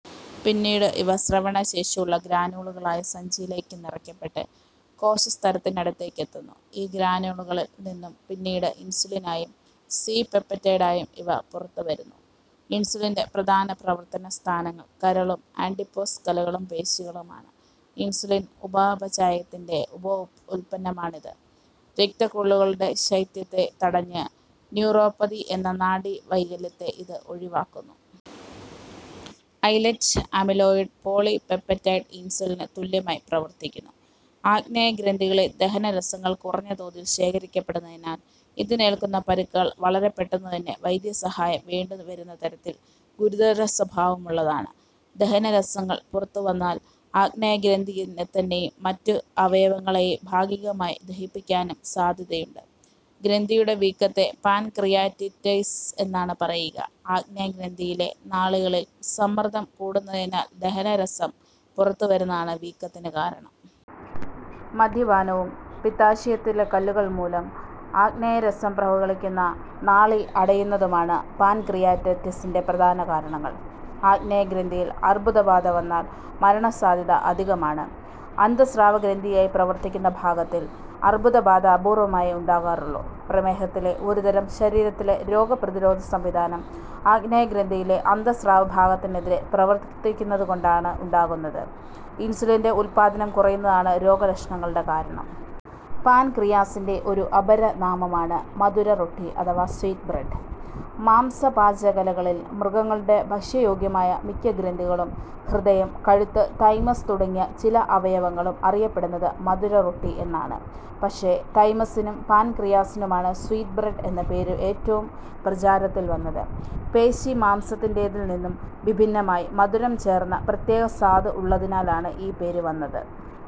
പിന്നീട് ഇവ സ്രവണശേഷിയുള്ള ഗ്രാന്യൂളുകളായ സഞ്ചികളിലേയ്ക്ക് നിറയ്ക്കപ്പെട്ട് കോശസ്തരത്തിനടുത്തേയ്ക്കെത്തുന്നു. ഈ ഗ്രാന്യൂളുകളിൽ നിന്നും പിന്നീട് ഇൻസുലിനായും സി-പെപ്റ്റൈഡായും ഇവ പുറത്തുവരുന്നു. ഇൻസുലിന്റെ പ്രധാന പ്രവർത്തന സ്ഥാനങ്ങൾ കരളും ആഡിപ്പോസ് കലകളും പേശികളുമാണ്. ഇൻസുലിൻ ഉപാപചയത്തിന്റെ ഉപോൽപ്പന്നമാണിത്. രക്തക്കുഴലുകളുടെ ശൈഥില്യത്തെ തടഞ്ഞ് ന്യൂറോപ്പതി എന്ന നാഡീവൈകല്യത്തെ ഇത് ഒഴിവാക്കുന്നു. ഐലറ്റ് അമൈലോയിഡ് പോളിപെപ്റ്റൈഡ് ഇൻസുലിന് തുല്യമായി പ്രവർത്തിക്കുന്നു. ആഗ്നേയഗ്രന്ഥിയിൽ ദഹനരസങ്ങൾ കുറഞ്ഞ തോതിൽ ശേഘരിക്കപ്പെടുന്നതിനാൽ ഇതിനേൽക്കുന്ന പരിക്കുകൾ വളരെ പെട്ടെന്നുതന്നെ വൈദ്യസഹായം വേണ്ടിവരുന്നതരത്തിൽ ഗുരുതരസ്വഭാവമുള്ളതാണ്. ദഹനരസങ്ങൾ പുറത്തുവന്നാൽ ആഗ്നേയഗ്രന്ഥിയെത്തെന്നെയും മറ്റവയവങ്ങളെയും ഭാഗികമായി ദഹിപ്പിക്കാനും സാദ്ധ്യതയുണ്ട്. ഗ്രന്ഥിയുടെ വീക്കത്തിനെ പാൻക്രിയാറ്റൈറ്റിസ് എന്നാണ് പറയുക. ആഗ്നേയഗ്രന്ഥിയിലെ നാളികളിൽ സമ്മർദ്ദം കൂടുന്നതിനാൽ ദഹനരസം പുറത്തു വരുന്നതാണ് വീക്കത്തിന് കാരണം. മദ്യപാനവും പിത്താശയത്തിലെ കല്ലുകൾ മൂലം ആഗ്നേയരസം പ്രവഹിക്കുന്ന നാളി അടയുന്നതുമാണ് പാൻക്രിയാറ്റൈറ്റിസിന്റെ പ്രധാന കാരണങ്ങൾ. ആഗ്നേയഗ്രന്ഥിയിൽ അർബുദബാധ വന്നാൽ മരണസാദ്ധ്യത അധികമാണ്. അന്തഃസ്രാവഗ്രന്ഥിയായി പ്രവർത്തിക്കുന്ന ഭാഗത്തിൽ അർബുദബാധ അപൂർവമായേ ഉണ്ടാകാറുള്ളൂ. പ്രമേഹത്തിലെ ഒരുതരം ശരീരത്തിലെ രോഗപ്രതിരോധസംവിധാനം ആഗ്നേയഗ്രന്ഥിയിലെ അന്തഃസ്രാവഭാഗത്തിനെതിരേ പ്രവർത്തിക്കുന്നതുകൊണ്ടാണുണ്ടാകുന്നത്. ഇൻസുലിന്റെ ഉത്പാദനം കുറയുകയാണ് രോഗലക്ഷണങ്ങളുടെ കാരണം. പാൻക്രിയാസിന്റെ ഒരു അപരനാമമാണു് മധുര റൊട്ടി അഥവാ സ്വീറ്റ് ബ്രെഡ്. മാംസപാചകകലയിൽ മൃഗങ്ങളുടെ ഭക്ഷ്യയോഗ്യമായ മിക്ക ഗ്രന്ഥികളും ഹൃദയം, കഴുത്ത്, തൈമസ് തുടങ്ങിയ ചില അവയവങ്ങളും അറിയപ്പെടുന്നതു് മധുരറൊട്ടി എന്നാണു്. പക്ഷേ, തൈമസ്സിനും പാൻക്രിയാസിനുമാണു് സ്വീറ്റ് ബ്രെഡ് എന്ന വിളിപ്പേരു് ഏറ്റവും പ്രചാരത്തിൽ വന്നതു്. പേശീമാംസത്തിന്റേതിൽ നിന്നും വിഭിന്നമായി, മധുരം ചേർന്ന പ്രത്യേക സ്വാദുള്ളതിനാലാണു് ഈ പേരു വന്നതു്.